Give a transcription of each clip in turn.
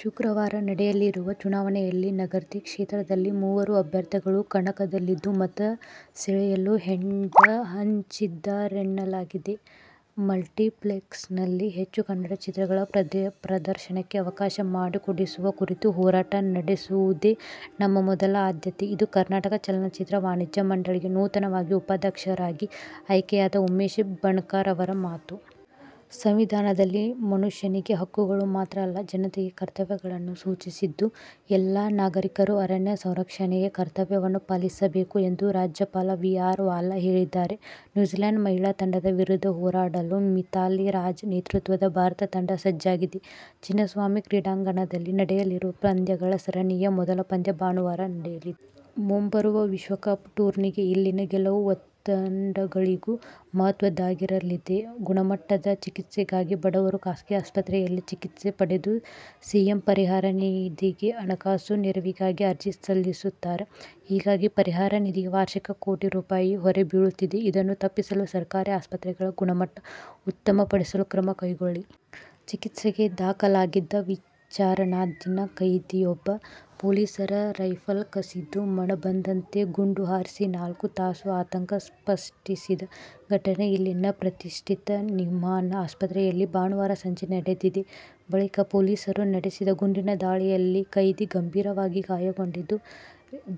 ಶುಕ್ರವಾರ ನಡೆಯಲಿರುವ ಚುನಾವಣೆಯಲ್ಲಿ ನಗರ್ತಿ ಕ್ಷೇತ್ರದಲ್ಲಿ ಮೂವರು ಅಭ್ಯರ್ಥಿಗಳು ಕಣದಲ್ಲಿದ್ದು, ಮತ ಸೆಳೆಯಲು ಹೆಂಡ ಹಂಚಿದ್ದರೆನ್ನಲಾಗಿದೆ. "ಮಲ್ಟಿಪ್ಲೆಕ್ಸ್ನಲ್ಲಿ ಹೆಚ್ಚು ಕನ್ನಡ ಚಿತ್ರಗಳ ಪ್ರದರ್ಶನಕ್ಕೆ ಅವಕಾಶ ಮಾಡಿಕೊಡಿಸುವ ಕುರಿತು ಹೋರಾಟ ನಡೆಸುವುದೇ ನಮ್ಮ ಮೊದಲ ಆದ್ಯತೆ' ಇದು ಕರ್ನಾಟಕ ಚಲನಚಿತ್ರ ವಾಣಿಜ್ಯ ಮಂಡಳಿಗೆ ನೂತನವಾಗಿ ಉಪಾಧ್ಯಕ್ಷರಾಗಿ ಆಯ್ಕೆಯಾದ ಉಮೇಶ್ ಬಣಕಾರ್ ಅವರ ಮಾತು. ಸಂವಿಧಾನದಲ್ಲಿ ಮನುಷ್ಯನಿಗೆ ಹಕ್ಕುಗಳು ಮಾತ್ರ ಅಲ್ಲ. ಜತೆಗೆ ಕರ್ತವ್ಯಗಳನ್ನೂ ಸೂಚಿಸಿದ್ದು ಎಲ್ಲಾ ನಾಗರೀಕರು ಅರಣ್ಯ ಸಂರಕ್ಷಣೆಯ ಕರ್ತವ್ಯವನ್ನು ಪಾಲಿಸಬೇಕು ಎಂದು ರಾಜ್ಯಪಾಲ ವಿ. ಆರ್. ವಾಲಾ ಹೇಳಿದ್ದಾರೆ. ನ್ಯೂಜಿಲೆಂಡ್ ಮಹಿಳಾ ತಂಡದ ವಿರುದ್ಧ ಹೋರಾಡಲು ಮಿಥಾಲಿ ರಾಜ್ ನೇತೃತ್ವದ ಭಾರತ ತಂಡ ಸಜ್ಜಾಗಿದೆ. ಚಿನ್ನಸ್ವಾಮಿ ಕ್ರೀಡಾಂಗಣದಲ್ಲಿ ನಡೆಯಲಿರುವ ಪಂದ್ಯಗಳ ಸರಣಿಯ ಮೊದಲ ಪಂದ್ಯ ಭಾನುವಾರ ನಡೆಯಲಿದೆ. ಮುಂಬರುವ ವಿಶ್ವಕಪ್ ಟೂರ್ನಿಗೆ ಇಲ್ಲಿನ ಗೆಲುವು ಇತ್ತಂಡಗಳಿಗೂ ಮಹತ್ವದ್ದಾಗಿರಲಿದೆ. ಗುಣಮಟ್ಟದ ಚಿಕಿತ್ಸೆಗಾಗಿ ಬಡವರು ಖಾಸಗಿ ಆಸ್ಪತ್ರೆಯಲ್ಲಿ ಚಿಕಿತ್ಸೆ ಪಡೆದು ಸಿಎಂ ಪರಿಹಾರ ನಿಧಿಗೆ ಹಣಕಾಸು ನೆರವಿಗಾಗಿ ಅರ್ಜಿ ಸಲ್ಲಿಸುತ್ತಾರೆ. ಹೀಗಾಗಿ ಪರಿಹಾರ ನಿಧಿಗೆ ವಾರ್ಷಿಕ ಕೋಟಿ ರೂ. ಹೊರೆ ಬೀಳುತ್ತಿದೆ. ಇದನ್ನು ತಪ್ಪಿಸಲು ಸರ್ಕಾರಿ ಆಸ್ಪತ್ರೆಗಳ ಗುಣಮಟ್ಟ ಉತ್ತಮಪಡಿಸಲು ಕ್ರಮ ಕೈಗೊಳ್ಳಿ. ಚಿಕಿತ್ಸೆಗೆ ದಾಖಲಾಗಿದ್ದ ವಿಚಾರಣಾಧೀನ ಕೈದಿಯೊಬ್ಬ ಪೊಲೀಸರ ರೈಫಲ್ ಕಸಿದು ಮನಬಂದಂತೆ ಗುಂಡು ಹಾರಿಸಿ ನಾಲ್ಕು ತಾಸು ಆತಂಕ ಸೃಷ್ಟಿಸಿದ ಘಟನೆ ಇಲ್ಲಿನ ಪ್ರತಿಷ್ಠಿತ ನಿಮ್ಹಾನ್ಸ್ ಆಸ್ಪತ್ರೆಯಲ್ಲಿ ಭಾನುವಾರ ಸಂಜೆ ನಡೆದಿದೆ. ಬಳಿಕ ಪೊಲೀಸರು ನಡೆಸಿದ ಗುಂಡಿನ ದಾಳಿಯಲ್ಲಿ ಕೈದಿ ಗಂಭೀರವಾಗಿ ಗಾಯಗೊಂಡಿದ್ದು,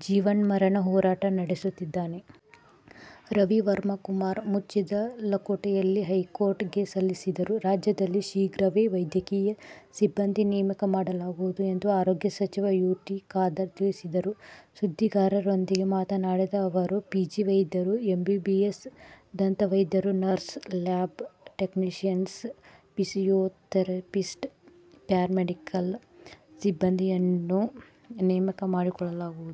ಜೀವನ್ಮರಣ ಹೋರಾಟ ನಡೆಸುತ್ತಿದ್ದಾನೆ. ರವಿವರ್ಮಾ ಕುಮಾರ್ ಮುಚ್ಚಿದ ಲಕೋಟೆಯಲ್ಲಿ ಹೈಕೋರ್ಟ್ ಗೆ ಸಲ್ಲಿಸಿದರು. ರಾಜ್ಯದಲ್ಲಿ ಶೀಘ್ರವೇ ವೈದ್ಯಕೀಯ ಸಿಬ್ಬಂದಿ ನೇಮಕ ಮಾಡಲಾಗುವುದು ಎಂದು ಆರೋಗ್ಯ ಸಚಿವ ಯು. ಟಿ. ಖಾದರ್ ತಿಳಿಸಿದರು. ಸುದ್ದಿಗಾರರೊಂದಿಗೆ ಮಾತನಾಡಿದ ಅವರು, ಪಿಜಿ ವೈದ್ಯರು, ಎಂಬಿಬಿಎಸ್, ದಂತವೈದ್ಯರು, nurse, lab technician, physiotherapist, paramedical ಸಿಬ್ಬಂದಿಯನ್ನು ನೇಮಕ ಮಾಡಿಕೊಳ್ಳಲಾಗುವುದು.